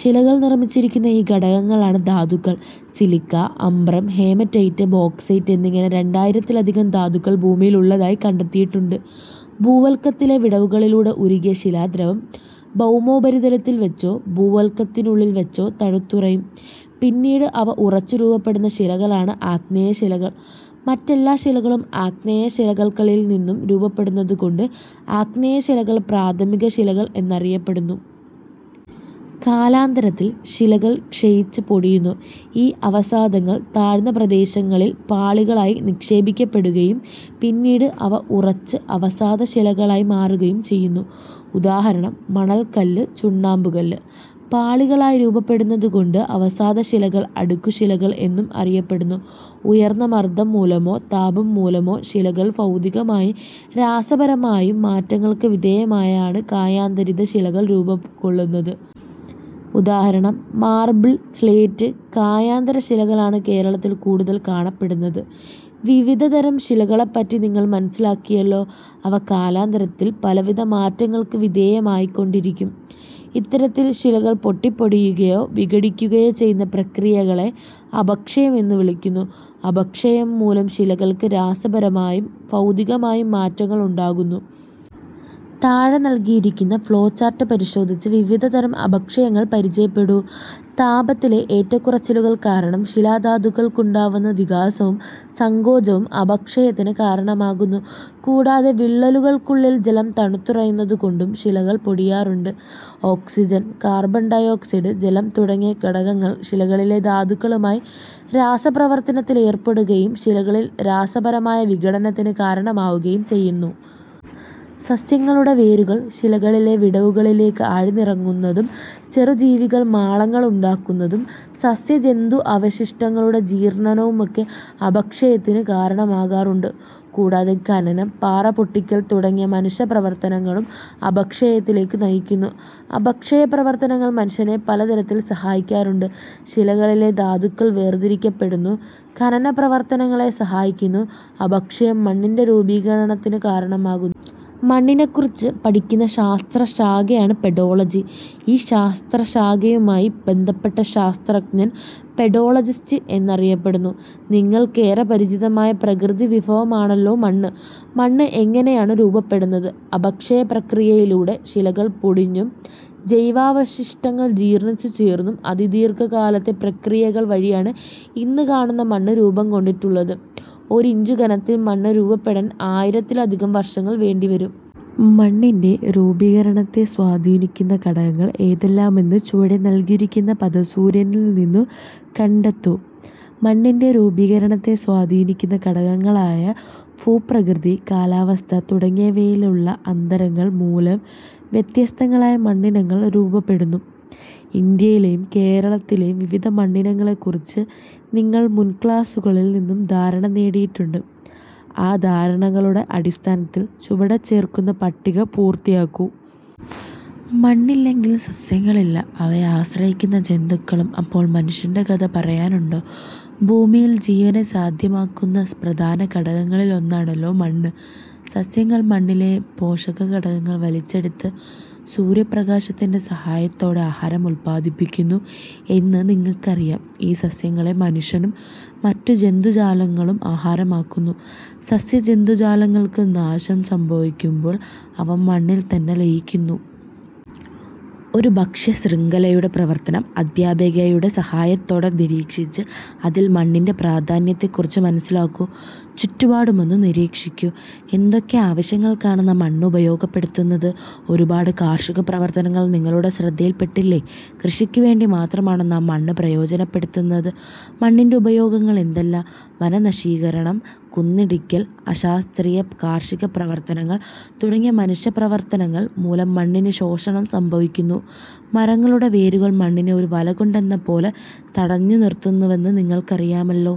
ശിലകൾ നിർമ്മിച്ചിരിക്കുന്ന ഈ ഘടകങ്ങളാണ് ധാതുക്കൾ. സിലിക്ക, അഭ്രം, ഹേമറ്റൈറ്റ്, ബോക്സൈറ്റ് എന്നിങ്ങനെ രണ്ടായിരത്തിലധികം ധാതുക്കൾ ഭൂമിയിൽ ഉള്ളതായി കണ്ടെത്തിയിട്ടുണ്ട്. ഭൂവൽക്കത്തിലെ വിടവുകളിലൂടെ ഉരുകിയ ശിലാദ്രവം ഭൗമോപരിതലത്തിൽ വച്ചോ ഭൂവല്ക്കത്തിനുള്ളിൽ വച്ചോ തണുത്തുറയും പിന്നീട് അവ ഉറച്ച് രൂപപ്പെടുന്ന ശിലകളാണ് ആഗ്നേയശിലകൾ. മറ്റെല്ലാ ശിലകളും ആഗ്നേയ ശിലകൾക്കളിൽ നിന്നും രൂപപ്പെടുന്നതുകൊണ്ട് ആഗ്നേയശിലകൾ പ്രാഥമിക ശിലകൾ എന്നറിയപ്പെടുന്നു. കാലാന്തരത്തിൽ ശിലകൾ ക്ഷയിച്ച് പൊടിയുന്നു. ഈ അവസാദങ്ങൾ താഴ്ന്ന പ്രദേശങ്ങളിൽ പാളികളായി നിക്ഷേപിക്കപ്പെടുകയും പിന്നീട് അവ ഉറച്ച് അവസാദ ശിലകളായി മാറുകയും ചെയ്യുന്നു. ഉദാഹരണം: മണൽകല്ലു, ചുണ്ണാമ്പുകല്ല്. പാളികളായി രൂപപ്പെടുന്നതുകൊണ്ടു അവസാദശിലകൾ അടുക്കു ശിലകൾ എന്നും അറിയപ്പെടുന്നു. ഉയർന്ന മർദം മൂലമോ താപം മൂലമോ ശിലകൾ ഭൗതികമായും രാസപരമായും മാറ്റങ്ങൾക്ക് വിധേയമായാണ് കായാന്തരിത ശിലകൾ രൂപം കൊള്ളുന്നത്. ഉദാ: മാർബിൾ, സ്ലേറ്റ്. കായാന്തര ശിലകളാണ് കേരളത്തിൽ കൂടുതൽ കാണപ്പെടുന്നത്. വിവിധതരം ശിലകളെപ്പറ്റി നിങ്ങൾ മനസ്സിലാക്കിയല്ലോ. അവ കാലാന്തരത്തിൽ പലവിധ മാറ്റങ്ങൾക്ക് വിധേയമായിക്കൊണ്ടിരിക്കും. ഇത്തരത്തിൽ ശിലകൾ പൊട്ടിപ്പൊടിയുകയോ വിഘടിക്കുകയോ ചെയ്യുന്ന പ്രക്രിയകളെ അപക്ഷയം എന്നു വിളിക്കുന്നു. അപക്ഷയം മൂലം ശിലകൾക്ക് രാസപരമായും ഭൗതികമായും മാറ്റങ്ങൾ ഉണ്ടാകുന്നു. താഴെ നൽകിയിരിക്കുന്ന ഫ്ളോ ചാർട്ട് പരിശോധിച്ച് വിവിധ തരം അപക്ഷയങ്ങൾ പരിചയപ്പെടൂ. താപത്തിലെ ഏറ്റക്കുറച്ചിലുകൾ കാരണം ശിലാ ധാതുക്കൾക്കുണ്ടാകുന്ന വികാസവും സങ്കോചവും അപക്ഷയത്തിന് കാരണമാകുന്നു. കൂടാതെ വിള്ളലു കൾക്കുള്ളിൽ ജലം തണുത്തുറയുന്നതു കൊണ്ടും ശിലകൾ പൊടിയാറുണ്ട്. ഓക്സിജൻ, കാർബൺ ഡയോക്സൈഡ്, ജലം തുടങ്ങിയ ഘടകങ്ങൾ ശിലകളിലെ ധാതുക്കളുമായി രാസപ്രവർത്തനത്തിലേർപ്പെടുകയും ശിലകളിൽ രാസപരമായ വിഘടനത്തിന് കാരണമാവുകയും ചെയ്യുന്നു. സസ്യങ്ങളുടെ വേരുകൾ ശിലകളിലെ വിടവുകളിലേക്ക് ആഴ്ന്നിറങ്ങുന്നതും ചെറുജീവികൾ മാളങ്ങളുണ്ടാക്കുന്നതും സസ്യജന്തു അവശിഷ്ടങ്ങളുടെ ജീർണ്ണനവുമൊക്കെ അപക്ഷയത്തിന് കാരണമാകാറുണ്ട്. കൂടാതെ ഖനനം, പാറ പൊട്ടിക്കൽ തുടങ്ങിയ മനുഷ്യപ്രവർത്തനങ്ങളും അപക്ഷയത്തിലേക്ക് നയിക്കുന്നു. അപക്ഷയപ്രവർത്തനങ്ങൾ മനുഷ്യനെ പലതരത്തിൽ സഹായിക്കാറുണ്ട്. ശിലകളിലെ ധാതുക്കൾ വേർതിരിക്കപ്പെടുന്നു. ഖനനപ്രവർത്തനങ്ങളെ സഹായിക്കുന്നു. അപക്ഷയം മണ്ണിന്റെ രൂപീകരണത്തിന് കാരണമാകുന്നു. മണ്ണിനെക്കുറിച്ച് പഠിക്കുന്ന ശാസ്ത്രശാഖയാണ് പെഡോളജി. ഈ ശാസ്ത്ര ശാഖയുമായി ബന്ധപ്പെട്ട ശാസ്ത്രജ്ഞൻ പെഡോളജിസ്റ്റ് എന്നറിയപ്പെടുന്നു. നിങ്ങൾക്കേറെ പരിചിതമായ പ്രകൃതിവിഭവമാണല്ലോ മണ്ണ്. മണ്ണ് എങ്ങനെയാണ് രൂപപ്പെടുന്നത്? അപക്ഷയ പ്രക്രിയയിലൂടെ ശിലകൾ പൊടിഞ്ഞും ജൈവാവശിഷ്ടങ്ങൾ ജീർണിച്ചു ചേർന്നും അതിദീർഘകാലത്തെ പ്രക്രിയകൾ വഴിയാണ് ഇന്ന് കാണുന്ന മണ്ണ് രൂപംകൊണ്ടിട്ടുള്ളത്. ഒരിഞ്ചു കനത്തിൽ മണ്ണ് രൂപപ്പെടാൻ ആയിരത്തിലധികം വർഷങ്ങൾ വേണ്ടിവരും. മണ്ണിന്റെ രൂപീകരണത്തെ സ്വാധീനിക്കുന്ന ഘടകങ്ങൾ ഏതെല്ലാമെന്ന് ചുവടെ നൽകിയിരിക്കുന്ന പദസൂര്യനിൽനിന്നും കണ്ടെത്തൂ. മണ്ണിന്റെ രൂപീകരണത്തെ സ്വാധീനിക്കുന്ന ഘടകങ്ങളായ ഭൂപ്രകൃതി, കാലാവസ്ഥ തുടങ്ങിയവയിലുള്ള അന്തരങ്ങൾ മൂലം വ്യത്യസ്തങ്ങളായ മണ്ണിനങ്ങൾ രൂപപ്പെടുന്നു. ഇന്ത്യയിലെയും കേരളത്തിലെയും വിവിധ മണ്ണിനങ്ങളെക്കുറിച്ച് നിങ്ങൾ മുൻക്ലാസ്സുകളിൽ നിന്നും ധാരണ നേടിയിട്ടുണ്ട്. ആ ധാരണകളുടെ അടിസ്ഥാനത്തിൽ ചുവടെ ചേർക്കുന്ന പട്ടിക പൂർത്തിയാക്കൂ. മണ്ണില്ലെങ്കിൽ സസ്യങ്ങളില്ല അവയെ ആശ്രയിക്കുന്ന ജന്തുക്കളും. അപ്പോൾ മനുഷ്യന്റെ കഥ പറയാനുണ്ടോ? ഭൂമിയിൽ ജീവനെ സാധ്യമാക്കുന്ന പ്രധാന ഘടകങ്ങളിൽ ഒന്നാണല്ലോ മണ്ണ്. സസ്യങ്ങൾ മണ്ണിലെ പോഷകഘടകങ്ങൾ വലിച്ചെടുത്ത് സൂര്യപ്രകാശത്തിന്റെ സഹായത്തോടെ ആഹാരം ഉല്പാദിപ്പിക്കുന്നു എന്ന് നിങ്ങൾക്കറിയാം. ഈ സസ്യങ്ങളെ മനുഷ്യനും മറ്റു ജന്തുജാലങ്ങളും ആഹാരമാക്കുന്നു. സസ്യജന്തുജാലങ്ങൾക്ക് നാശം സംഭവിക്കുമ്പോൾ അവ മണ്ണിൽ തന്നെ ലയിക്കുന്നു. ഒരു ഭക്ഷ്യശൃംഖലയുടെ പ്രവർത്തനം അധ്യാപികയുടെ സഹായത്തോടെ നിരീക്ഷിച്ച് അതിൽ മണ്ണിന്റെ പ്രാധാന്യത്തെക്കുറിച്ച് മനസ്സിലാക്കൂ. ചുറ്റുപാടുമൊന്ന് നിരീക്ഷിക്കൂ. എന്തൊക്കെ ആവശ്യങ്ങൾക്കാണ് നാം മണ്ണ് ഉപയോഗപ്പെടുത്തുന്നത്? ഒരുപാട് കാർഷിക പ്രവർത്തനങ്ങൾ നിങ്ങളുടെ ശ്രദ്ധയിൽപ്പെട്ടില്ലേ? കൃഷിക്കുവേണ്ടി മാത്രമാണോ നാം മണ്ണ് പ്രയോജനപ്പെടുത്തുന്നത്? മണ്ണിന്റെ ഉപയോഗങ്ങൾ എന്തെല്ലാം? വനനശീകരണം, കുന്നിടിക്കൽ, അശാസ്ത്രീയ കാർഷിക പ്രവർത്തനങ്ങൾ തുടങ്ങിയ മനുഷ്യപ്രവർത്തനങ്ങൾ മൂലം മണ്ണിന് ശോഷണം സംഭവിക്കുന്നു. മരങ്ങളുടെ വേരുകൾ മണ്ണിനെ ഒരു വലകൊണ്ടെന്നപോലെ തടഞ്ഞുനിർത്തുന്നുവെന്ന് നിങ്ങൾക്കറിയാമല്ലോ.